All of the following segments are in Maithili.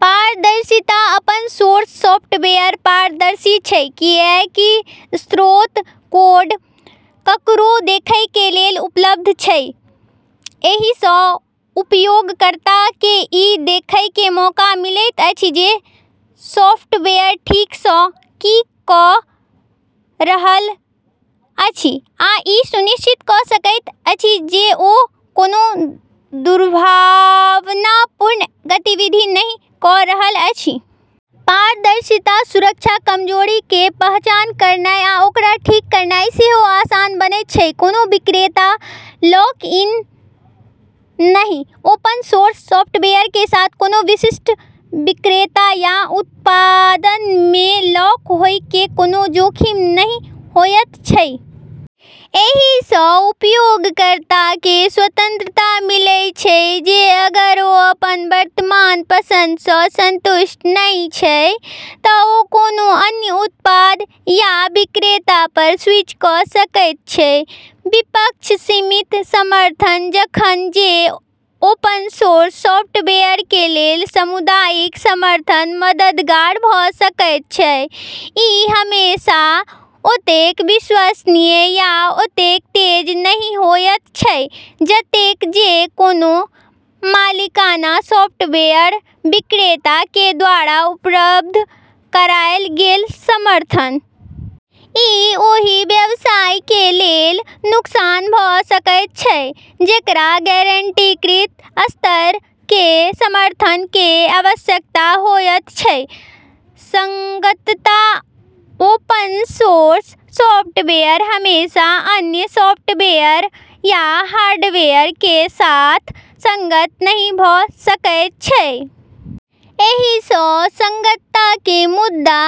पारदर्शिता: ओपन सोर्स सॉफ्टवेयर पारदर्शी छै, कियाकि स्रोत कोड ककरो देखय के लेल उपलब्ध छै। एही सँ उपयोगकर्ता के ई देखय के मौका मिलैत अछि जे सॉफ्टवेयर ठीक सँ की क रहल अछि आ ई सुनिश्चित क सकैत अछि जे ओ कोनो दुर्भावनापूर्ण गतिविधि नहि क रहल अछि। पारदर्शिता सुरक्षा कमजोरी के पहचान करनाय आ ओकरा ठीक करनाय सेहो आसान बनैत छै। कोनों विक्रेता लॉक-इन नहि: ओपन सोर्स सॉफ्टवेयर के साथ, कोनों विशिष्ट विक्रेता या उत्पाद मे लॉक होय के कोनों जोखिम नहि होयत छै। एही सँ उपयोगकर्ता के स्वतंत्रता मिलैत छै जे अगर ओ अपन वर्तमान पसंद सँ संतुष्ट नहि छै त ओ कोनों अन्य उत्पाद या विक्रेता पर स्विच क सकैत छै। विपक्ष:सीमित समर्थन: जखन जे ओपन सोर्स सॉफ्टवेयर के लेल सामुदायिक समर्थन मददगार भ सकैत छै, इ हमेशा ओतेक विश्वसनीय या ओतेक तेज नहि होयत छै जतेक जे कोनों मालिकाना सॉफ्टवेयर विक्रेता के द्वारा उपलब्ध करायल गेल समर्थन। इ ओहि व्यवसाय के लेल नुकसान भ सकैत छै, जेकरा गारंटीकृत स्तर के समर्थन के आवश्यकता होयत छै। संगतता: ओपन सोर्स सॉफ्टवेयर हमेशा अन्य सॉफ्टवेयर या हार्डवेयर के साथ संगत नहि भ सकैत छै। एही सँ संगतता के मुद्दा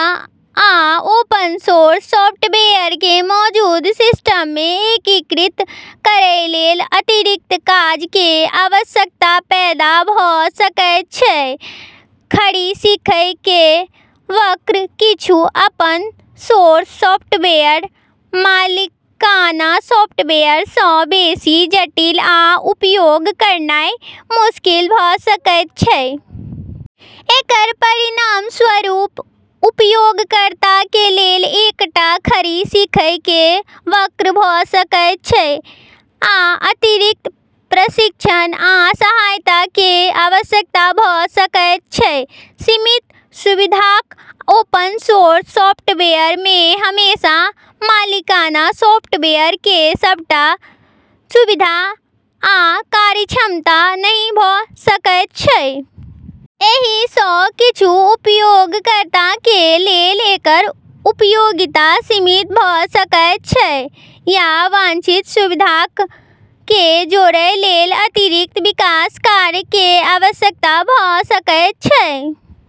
आ ओपन सोर्स सॉफ्टवेयर के मौजूदा सिस्टम मे एकीकृत करय लेल अतिरिक्त काज के आवश्यकता पैदा भ सकैत छै। खड़ी सीखय के वक्र: किछु ओपन सोर्स सॉफ्टवेयर मालिकाना सॉफ्टवेयर सँ बेसी जटिल आ उपयोग करनाय मुश्किल भ सकैत छै। एकर परिणामस्वरूप उपयोगकर्ता के लेल एकटा खड़ी सीखय के वक्र भ सकैत छै आ अतिरिक्त प्रशिक्षण आ सहायता के आवश्यकता भ सकैत छै। सीमित सुविधाक: ओपन सोर्स सॉफ्टवेयर मे हमेशा मालिकाना सॉफ्टवेयर के सबटा सुविधा आ कार्यक्षमता नहि भ सकैत छै। एही सँ किछु उपयोगकर्ता के लेल एकर उपयोगिता सीमित भ सकैत छै या वांछित सुविधाक के जोड़य लेल अतिरिक्त विकास कार्य के आवश्यकता भ सकैत छै।